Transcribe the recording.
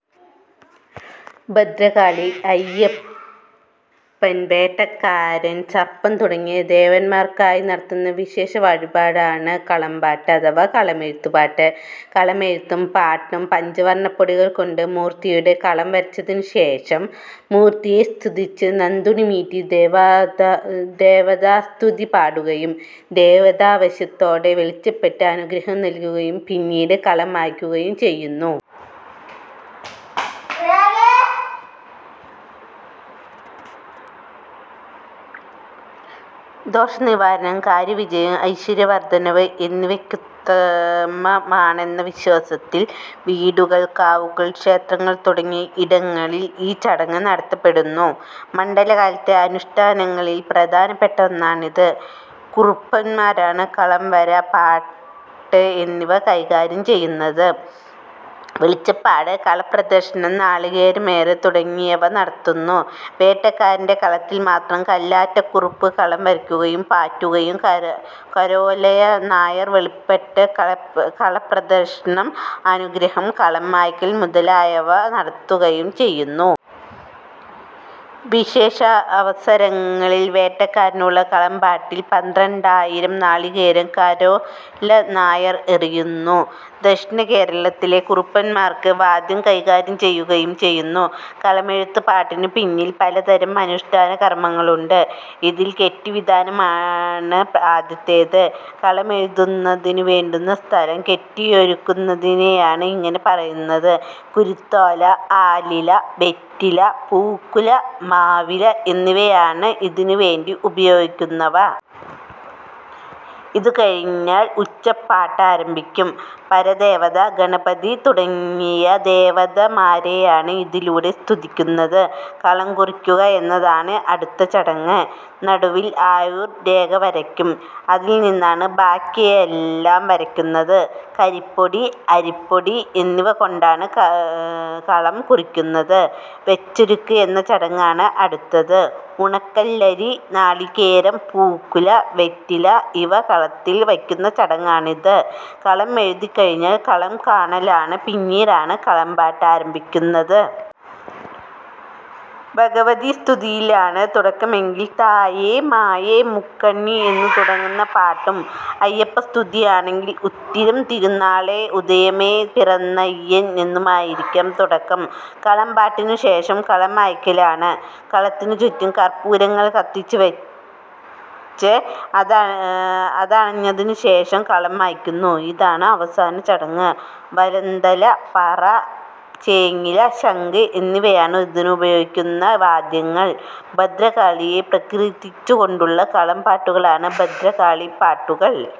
ഭദ്രകാളി, അയ്യപ്പൻ, വേട്ടക്കരൻ, സർപ്പം തുടങ്ങിയ ദേവന്മാർക്കായി നടത്തുന്ന വിശേഷ വഴിപാടാണ് കളംപാട്ട് അഥവാ കളമെഴുത്തുപാട്ട്. കളമെഴുത്തും പാട്ടുംപഞ്ചവർണപ്പൊടികൾ കൊണ്ട് മൂർത്തിയുടെ കളം വരച്ചതിനു ശേഷം മൂർത്തിയെ സ്തുതിച്ച് നന്തുണി മീട്ടി ദേവതാസ്തുതി പാടുകയും ദേവതാവേശത്തോടെ വെളിച്ചപ്പെട്ട് അനുഗ്രഹം നൽകുകയും പിന്നീട് കളം മായ്ക്കുകയും ചെയ്യുന്നു. ദോഷനിവാരണം, കാര്യവിജയം, ഐശ്വര്യവർദ്ധനവ് എന്നിവക്കുത്തമമാണെന്ന വിശ്വാസത്തിൽ വീടൂകൾ, കാവുകൾ, ക്ഷേത്രങ്ങൾ തുടങ്ങിയ ഇടങ്ങളിൽ ഈ ചടങ്ങ് നടത്തപ്പെടുന്നു. മണ്ഡലകാലത്തെ അനുഷ്ഠാനങ്ങളിൽ പ്രധാനപ്പെട്ട ഒന്നാണിത്. കുറുപ്പന്മാരാണ് കളം വര, പാട്ട് എന്നിവ കൈകാര്യം ചെയ്യുന്നത്. വെളിച്ചപ്പാട് കളപ്രദക്ഷിണം നാളീകേരമേറ് തുടങ്ങിയവ നടത്തുന്നു. വേട്ടക്കരന്റെ കളത്തിൽ മാത്രം കല്ലാറ്റക്കുറുപ്പ് കളം വരക്കുകയും പാറ്റുകയും കാരോലനായർ വെളിപ്പെട്ട് കളപ്രദക്ഷിണം, അനുഗ്രഹം കളം മായ്ക്കൽ മുതലായവ നടത്തുകയും ചെയ്യുന്നു. വിശേഷാവസരങ്ങളിൽ വേട്ടക്കരനുള്ള കളം പാട്ടിൽ പന്ത്രണ്ടായിരം നാളികേരം കാരോലനായർ എറിയുന്നു. ദക്ഷിണകേരളത്തിലെ കുറുപ്പന്മാർക്ക് വാദ്യം കൈകാര്യം ചെയ്യുകയും ചെയ്യുന്നു. കളമെഴുത്ത് പാട്ടിനു പിന്നിൽ പലതരം അനുഷ്ടാനകർമ്മങ്ങളുണ്ട്. ഇതിൽ കെട്ടിവിതാനമാണ് ആദ്യത്തേത്. കളമെഴുതുന്നതിനു വേണ്ടുന്ന സ്ഥലം കെട്ടിയൊരുക്കുന്നതിനെയാണ് ഇങ്ങനെ പറയുന്നത്. കുരുത്തോല, ആലില, വെറ്റില, പൂക്കുല, മാവില എന്നിവയാണ് ഇതിനുവേണ്ടി ഉപയോഗിക്കുന്നവ. ഇതുകഴിഞ്ഞാൽ ഉച്ചപ്പാട്ടാരംഭിക്കും. പരദേവത, ഗണപതി, തുടങ്ങിയ ദേവതമാരെയാണ് ഇതിലൂടെ സ്തുതിക്കുന്നത്. കളംകുറിക്കുക എന്നതാണ് അടുത്ത ചടങ്ങ്. നടുവിൽ ആയുർ രേഖ വരയ്ക്കും അതിൽനിന്നാണ് ബാക്കിയെല്ലാം വരയ്ക്കുന്നത്. കരിപ്പൊടി, അരിപ്പൊടി, എന്നിവ കൊണ്ടാണ്കള് കുറിക്കുന്നത്. വെച്ചൊരുക്ക് എന്നചടങ്ങാണ് അടുത്തത്. ഉണക്കലരി, നാളീകേരം, പൂക്കുല, വെറ്റില ഇവ കളത്തിൽ വയ്ക്കുന്നചടങ്ങാണ് ഇത്. കളം എഴുതിക്കഴിഞ്ഞാൽ കളംകാണലാണ്. പിന്നീടാണ് കളംപാട്ട് ആരംഭിക്കുന്നത്. ഭഗവതി സ്തുതിയിലാണ് തുടക്കമെങ്കിൽ "തായേ മായേ മുക്കണ്ണി "എന്നുതുടങ്ങുന്നപാട്ടും അയ്യപ്പസ്തുതിയാണെങ്കിൽ "ഉത്തിരം തിരുനാളേ ഉദയമേ പിറന്നയ്യൻ"എന്നുമായിരിക്കം തുടക്കം. കളം പാട്ടിനുശേഷം കളം മായ്ക്കലാണ്. കളത്തിനുചുറ്റും കർപ്പൂരങ്ങൾ കത്തിച്ചുവച്ച് അതണഞ്ഞതിനുശേഷം കളം മായ്ക്കുന്നു. ഇതാണ് അവസാനചടങ്ങ്. വലന്തല, പറ, ചേങ്ങില, ശംഖ്, എന്നിവയാണ് ഇതിലുപയോഗിക്കുന്ന വാദ്യങ്ങൾ. ഭദ്രകാളിയെ പ്രകീർത്തിച്ചുകൊണ്ടുള്ള കളം പാട്ടുകളാണ് ഭദ്രകാളിപാട്ടുകൾ.